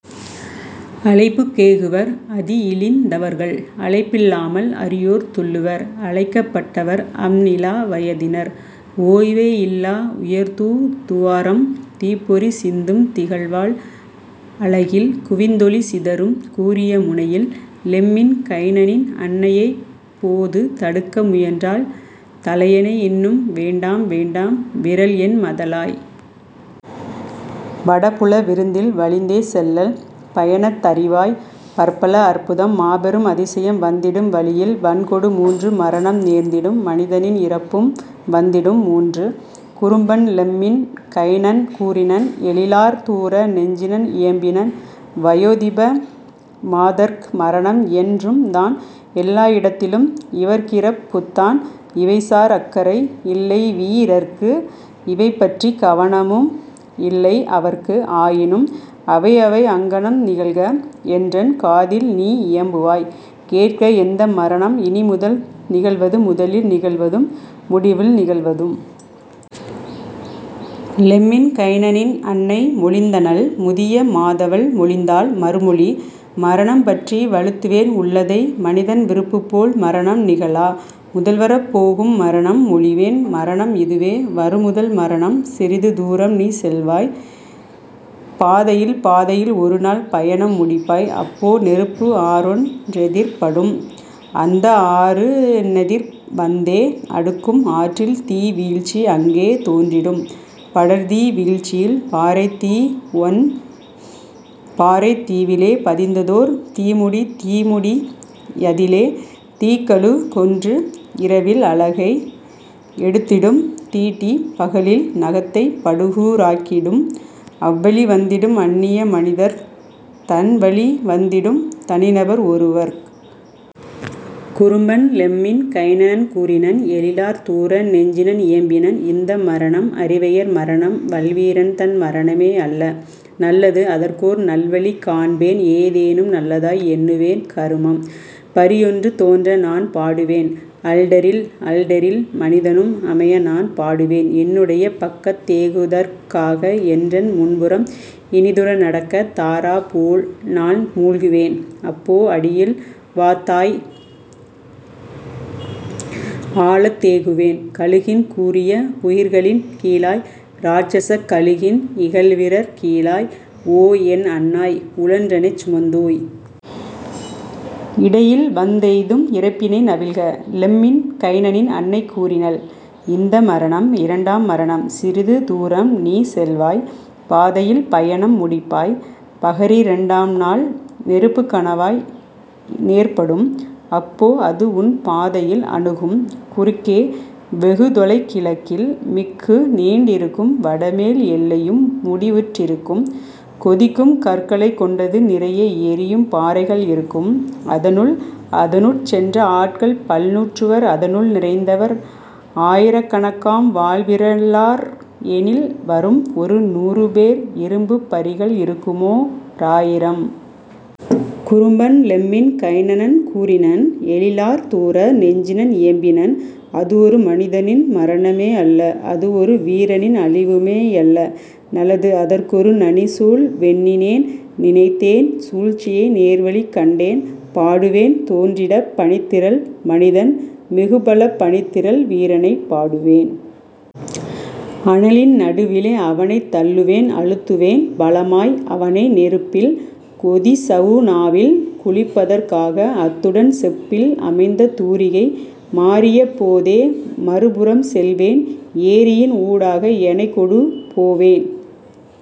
"அழைப்புக் கேகுவர் அதிஇழிந் தவர்கள் அழைப் பில்லாமல் அரியோர் துள்ளுவர்; அழைக்கப் பட்டவர் அம்நிலா வயதினர் ஓய்வே இல்லா உயர்தூ துவராம் தீப்பொறி சிந்தும் திகழ்வாள் அலகில் குவிந்தொளி சிதறும் கூரிய முனையில். " லெம்மின் கைனனின் அன்னையப் போது தடுக்க முயன்றாள் தனையனை இன்னும்: "வேண்டாம் வேண்டாம் விறல்என் மதலாய்! வடபுல விருந்தில் வலிந்தே செல்லல்! பயணத் தறிவாய் பற்பல அற்புதம் மாபெரும் அதிசயம் வந்திடும் வழியில் வன்கொடு மூன்று மரணம் நேர்ந்திடும் மனிதனின் இறப்பும் வந்திடும் மூன்று. " குறும்பன் லெம்மின் கைனன் கூறினன் எழிலார் தூர நெஞ்சினன் இயம்பினன்: "வயோதிப மாதர்க் மரணம்என் றும்தான் எல்லா இடத்திலும் இவர்க்கிறப் புத்தான் இவைசார் அக்கறை இல்லைவீ ரர்க்கு இவைபற்றி கவனமும் இல்லைஅ வர்க்கு ஆயினும் அவைஅவை அங்ஙனம் நிகழ்க, என்றன் காதில்நீ இயம்புவாய் கேட்க எந்த மரணம் இனிமுதல் நிகழ்வது முதலில் நிகழ்வதும் முடிவில் நிகழ்வதும்? " லெம்மின் கைனனின் அன்னை மொழிந்தனள் முதிய மாதவள் மொழிந்தாள் மறுமொழி: "மரணம் பற்றி வழுத்துவேன் உள்ளதை மனிதன் விருப்புபோல் மரணம் நிகழா முதல்வரப் போகும் மரணம் மொழிவேன் மரணம் இதுவே வருமுதல் மரணம் சிறிதுதூ ரம்நீ செல்வாய் பாதையில் பாதையில் ஒருநாள் பயணம் முடிப்பாய் அப்போ நெருப்பு ஆறொன் றெதிர்ப்படும் அந்தஆ றுன்னெதிர் வந்தே அடுக்கும் ஆற்றில்தீ வீழ்ச்சி அங்கே தோன்றிடும் படர்தீ வீழ்ச்சியில் பாறைத்தீ வொன் பாறைத் தீவிலே பதிந்ததோர் தீமுடி தீமுடி யதிலே தீக்கழு கொன்று இரவில் அலகை எடுத்திடும் தீட்டி பகலில் நகத்தைப் படுகூ ராக்கிடும் அவ்வழி வந்திடும் அந்நிய மனிதர்க் தன்வழி வந்திடும் தனிநபர் ஒருவர்க். " குறும்பன் லெம்மின் கைனன் கூறினன் எழிலார் தூர நெஞ்சினன் இயம்பினன்: "இந்த மரணம் அரிவையர் மரணம் வல்வீ ரன்தன் மரணமே அல்ல நல்லது அதற்கோர் நல்வழி காண்பேன் ஏதெனும் நல்லதாய் எண்ணுவேன் கருமம்: பரியொன்று தோன்றநான் பாடுவேன் 'அல்டரி'ல் 'அல்டரி'ல் மனிதனும் அமையநான் பாடுவேன் என்னுடைய பக்கத் தேகுதற் காக என்றன் முன்புறம் இனிதுற நடக்க; தாரா போல்நான் மூழ்குவேன் அப்போ அடியில் வாத்தாய் ஆழத் தேகுவேன் கழுகின் கூரிய உகிர்களின் கீழாய் இராட்சசக் கழுகின் இகல்விரற் கீழாய்; "ஓ, என் அன்னாய், உழன்றெனைச் சுமந்தோய்! இடையில்வந் தெய்தும் இறப்பினை நவில்க! " லெம்மின் கைனனின் அன்னை கூறினள்: "இந்த மரணம் இரண்டாம் மரணம் சிறிதுதூ ரம்நீ செல்வாய் பாதையில் பயணம் முடிப்பாய் பகரிரண் டாம்நாள் நெருப்புக் கணவாய் நேர்ப்படும் அப்போ அதுஉன் பாதையில் அணுகும் குறுக்கே வெகுதொலை கிழக்கில் மிக்குநீண் டிருக்கும் வடமேல் எல்லையும் முடிவற் றிருக்கும் கொதிக்கும் கற்களைக் கொண்டது நிறைய எரியும் பாறைகள் இருக்கும் அதனுள்; அதனுட் சென்ற ஆட்கள்பல் நூற்றுவர் அதனுள் நிறைந்தவர் ஆயிரக் கணக்காம் வாள்விற லார்எணில் வரும்ஒரு நூறுபேர் இரும்புப் பரிகள் இருக்குமோ ராயிரம். " குறும்பன் லெம்மின் கைனன் கூறினன் எழிலார் தூர நெஞ்சினன் இயம்பினன்: "அதுவொரு மனிதனின் மரணமே அல்ல அதுவொரு வீரனின் அழிவுமே யல்ல நலது அதற்கொரு நனிசூழ் வெண்ணினேன் நினைத்தேன் சூழ்ச்சியை நேர்வழி கண்டேன் பாடுவேன் தோன்றிடப் பனித்திரள் மனிதன் மிகுபலப் பனித்திரள் வீரனைப் பாடுவேன் அனலின் நடுவிலே அவனைத் தள்ளுவேன் அழுத்துவேன் பலமாய் அவனை நெருப்பில் கொதிசவு னாவில் குளிப்பதற் காக அத்துடன் செப்பில் அமைந்த தூரிகை; மாறியப் போதே மறுபுறம் செல்வேன் எரியின்ஊ டாக எனைக்கொடு போவேன்